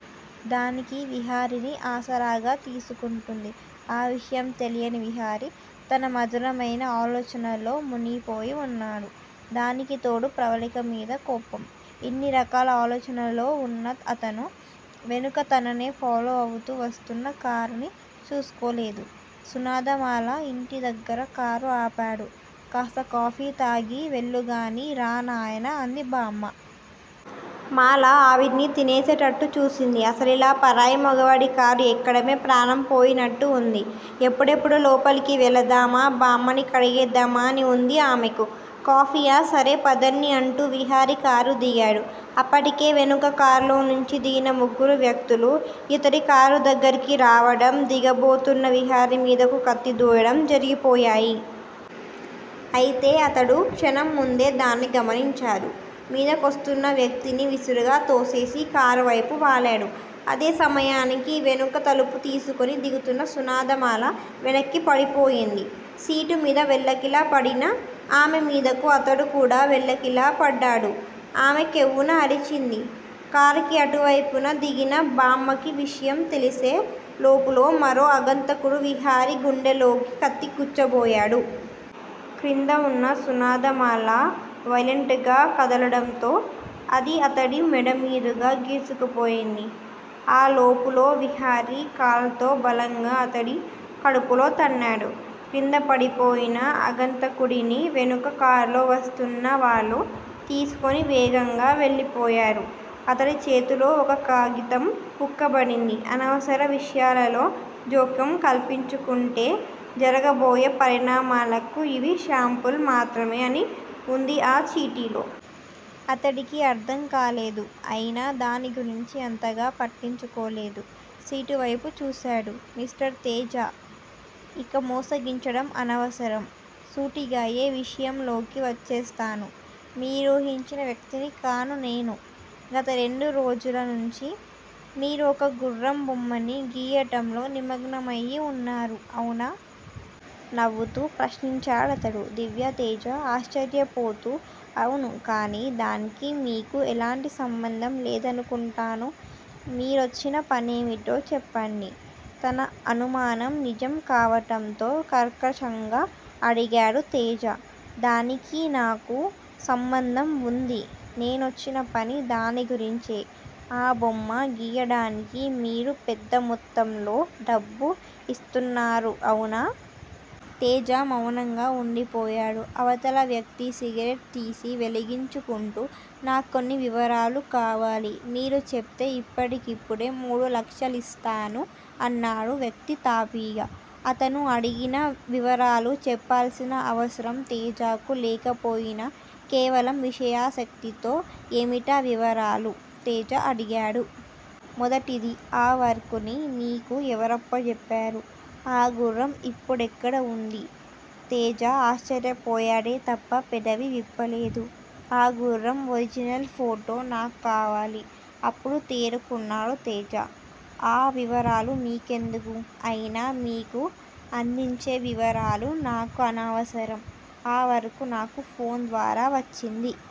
దానికి విహారిని ఆసరాగా తీసుకుంటుంది. ఆ విషయం తెలియని విహారి తన మధురమైన ఆలోచనల్లో మునిగిపోయి వున్నాడు. దానికితోడు ప్రవల్లికమీద కోపం. ఇన్ని రకాల ఆలోచనల్లో వున్న అతను- వెనుక తననే ఫాలో అవుతూ వస్తున్న కారుని చూసుకోలేదు. సునాదమాల ఇంటిదగ్గర కారు ఆపాడు. కాస్త కాఫీ తాగి వెళ్ళూగాని రా నాయనా అంది బామ్మ. మాల ఆవిడ్ని తినేసేటట్టు చూసింది. అసలిలా పరాయి మొగవాడి కారు ఎక్కడమే ప్రాణం పోయినట్టు వుంది. ఎప్పుడెప్పుడు లోపలికి వెళదామా- బామ్మని కడిగేద్దామా అని వుంది ఆమెకు. కాఫీయా- సరే పదండి అంటూ విహారి కారు దిగాడు. అప్పటికే వెనుక కారులోంచి దిగిన ముగ్గురు వ్యక్తులూ యితడి కారు దగ్గరికి రావడం, దిగబోతున్న విహారిమీదకు కత్తి దూయడం జరిగిపోయాయి. అయితే అతడు క్షణంముందే దాన్ని గమనించాడు. మీదకొస్తున్న వ్యక్తిని విసురుగా తోసేసి కారువైపు వాలాడు. అదే సమయానికి వెనుక తలుపు తీసుకొని దిగుతున్న సునాదమాల వెనక్కి పడిపోయింది. సీటుమీద వెల్లకిలా పడిన ఆమెమీదకు అతడు కూడా వెల్లకిలా పడ్డాడు. ఆమె కెవ్వున అరిచింది. కారుకి అటువైపున దిగిన బామ్మకీ విషయం తెలిసే లోపులో, మరో అగంతకుడు విహారి గుండెల్లోకి కత్తి గుచ్చబోయాడు. క్రిందవున్న సునాదమాల వయొలెంట్ గా కదలడంతో అది అతడి మెడమీదుగా గీసుకుపోయింది. ఆ లోపులో విహారి కాల్తో బలంగా అతడి కడుపులో తన్నాడు. క్రింద పడిపోయిన అగంతకుడిని వెనుక కారులో వస్తున్న వాళ్లు తీసుకుని వేగంగా వెళ్ళిపోయారు. అతడి చేతిలో ఒక కాగితం కుక్కబడింది. అనవసర విషయాలలో జోక్యం కల్పించుకుంటే జరగబోయే పరిణామాలకు యిది శాంపిల్ మాత్రమే అని వుంది ఆ చీటీలో. అతడికి అర్ధంకాలేదు. అయినా దాన్ని గురించి అంతగా పట్టించుకోలేదు. సీటువైపు చూశాడు. మిస్టర్ తేజా! ఇక మోసగించటం అనవసరం. సూటిగయే విషయంలోకి వచ్చేస్తాను. మీరూహించిన వ్యక్తిని కాను నేను. గత రెండు రోజుల నుంచి మీరు ఒక గుర్రం బొమ్మని గీయటంలో నిమగ్నమయి వున్నారు. అవునా? నవ్వుతూ ప్రశ్నించాడతడు. దివ్యతేజ ఆశ్చర్యపోతూ అవును కానీ దానికి మీకు ఎలాంటి సంబంధం లేదనుకుంటాను. మీరొచ్చిన పనేమిటో చెప్పండి తన అనుమానం నిజం కావటంతో కర్కశంగా అడిగాడు తేజ. దానికి నాకు సంబంధం వుంది. నేనొచ్చిన పని దాని గురించే ఆ బొమ్మ గీయడానికి మీరు పెద్ద మొత్తంలో డబ్బు ఇస్తున్నారు అవునా? తేజ మౌనంగా వుండి పోయాడు. అవతల వ్యక్తి సిగరెట్ తీసి వెలిగించుకుంటూ నాక్కొన్ని వివరాలు కావాలి మీరు చెప్తే ఇప్పటికిప్పుడే మూడు లక్షలిస్తాను అన్నాడు వ్యక్తి తాపీగా. అతను అడిగిన వివరాలు చెప్పాల్సిన అవసరం తేజకు లేకపోయినా కేవలం విషయాసక్తితో ఏమిటా వివరాలు? తేజ అడిగాడు. మొదటిది ఆ వర్కుని మీకు ఎవరప్పజెప్పారు? ఆ గుర్రం ఇప్పుడెక్కడ ఉంది తేజ ఆశ్చర్యపోయాడే తప్ప పెదవి విప్పలేదు. ఆ గుర్రం ఒరిజనల్ ఫోటో నాక్కావాలి అప్పుడు తేరుకున్నాడు తేజ. ఆ వివరాలు మీకెందుకు? అయినా మీకు అందించే వివరాలు నాకనవసరం. ఆ వర్కు నాకు ఫోన్ ద్వారా వచ్చింది.